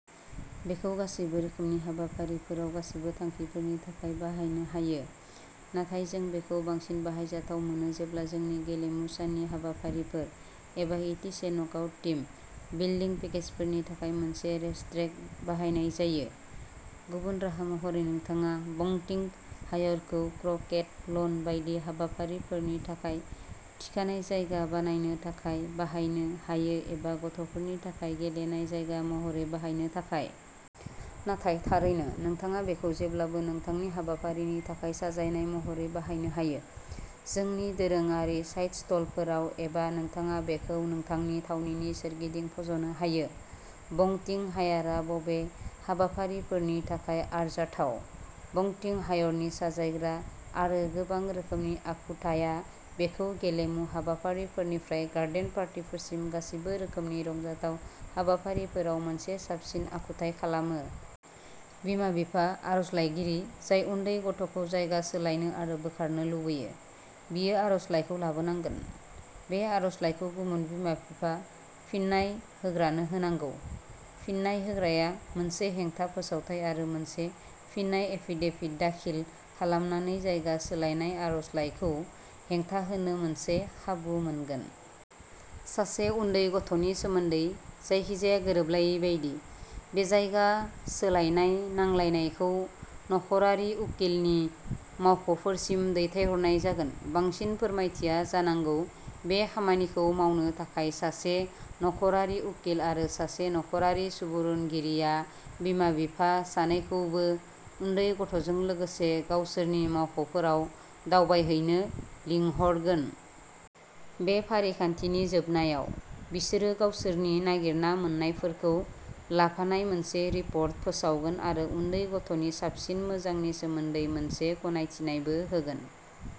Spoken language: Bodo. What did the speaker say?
बेखौ गासैबो रोखोमनि हाबाफारिफोराव, गासैबो थांखिफोरनि थाखाय बाहायनो हायो, नाथाय जों बेखौ बांसिन बाहायजाथाव मोनो जेब्ला जोंनि गेलेमु साननि हाबाफारिफोर एबा it's a knockout team building पेकेजफोरनि थाखाय मोनसे रेसट्रेक बाहायनाय जायो। गुबुन राहा महरै नोंथाङा बंटिंग हायरखौ क्रकेट लन बायदि हाबाफारिफोरनि थाखाय थिखानाय जायगा बानायनो थाखाय बाहायनो हायो एबा गथ'फोरनि थाखाय गेलेनाय जायगा महरै बाहायनो थाखाय। नाथाय थारैनो, नोंथाङा बेखौ जेब्लाबो नोंथांनि हाबाफारिनि थाखाय साजायनाय महरै बाहायनो हायो, जोंनि दोरोङारि साइड स्ट'लफोराव एबा नोंथाङा बेखौ नोंथांनि थावनिनि सोरगिदिं फज'नो हायो। बंटिंग हायरआ बबे हाबाफारिफोरनि थाखाय आरजाथाव? बंटिंग हायरनि साजायग्रा आरो गोबां रोखोमनि आखुथाया बेखौ गेलेमु हाबाफारिफोरनिफ्राय गार्डेन पार्टीफोरसिम गासैबो रोखोमनि रंजाथाव हाबाफारिफोराव मोनसे साबसिन आखुथाय खालामो! बिमा-बिफा, आर'जलाइगिरि, जाय उन्दै गथ'खौ जायगा सोलायनो आरो बोखारनो लुबैयो, बियो आर'जलाइखौ लाबोनांगोन। बे आर'जलाइखौ गुबुन बिमा-बिफा, फिन्नाय होग्रानो होनांगौ। फिन्नाय होग्राया मोनसे हेंथा फोसावथाइ आरो मोनसे फिननाय एफिडेभिट दाखिल खालामनानै जायगा सोलायनाय आर'जलाइखौ हेंथा होनो मोनसे खाबु मोनगोन। सासे उन्दै गथ'नि सोमोन्दै जायखिजाया गोरोबलायै बायदि, बे जायगा सोलायनाय नांलायनायखौ नख'रारि उकिलनि मावख'फोरसिम दैथायहरनाय जागोन। बांसिन फोरमायथिया जानांगौ बे खामानिखौ मावनो थाखाय सासे नख'रारि उकिल आरो सासे नख'रारि सुबुरुनगिरिआ बिमा-बिफा सानैखौबो, उन्दै गथ'जों लोगोसे, गावसोरनि मावख'फोराव दावबायहैनो लिंहरगोन। बे फारिखान्थिनि जोबनायाव, बिसोरो गावसोरनि नागिरना मोन्नायफोरखौ लाफानाय मोनसे रिपर्ट फोसावगोन आरो उन्दै गथ'नि साबसिन मोजांनि सोमोन्दै मोनसे गनायथिनायबो होगोन।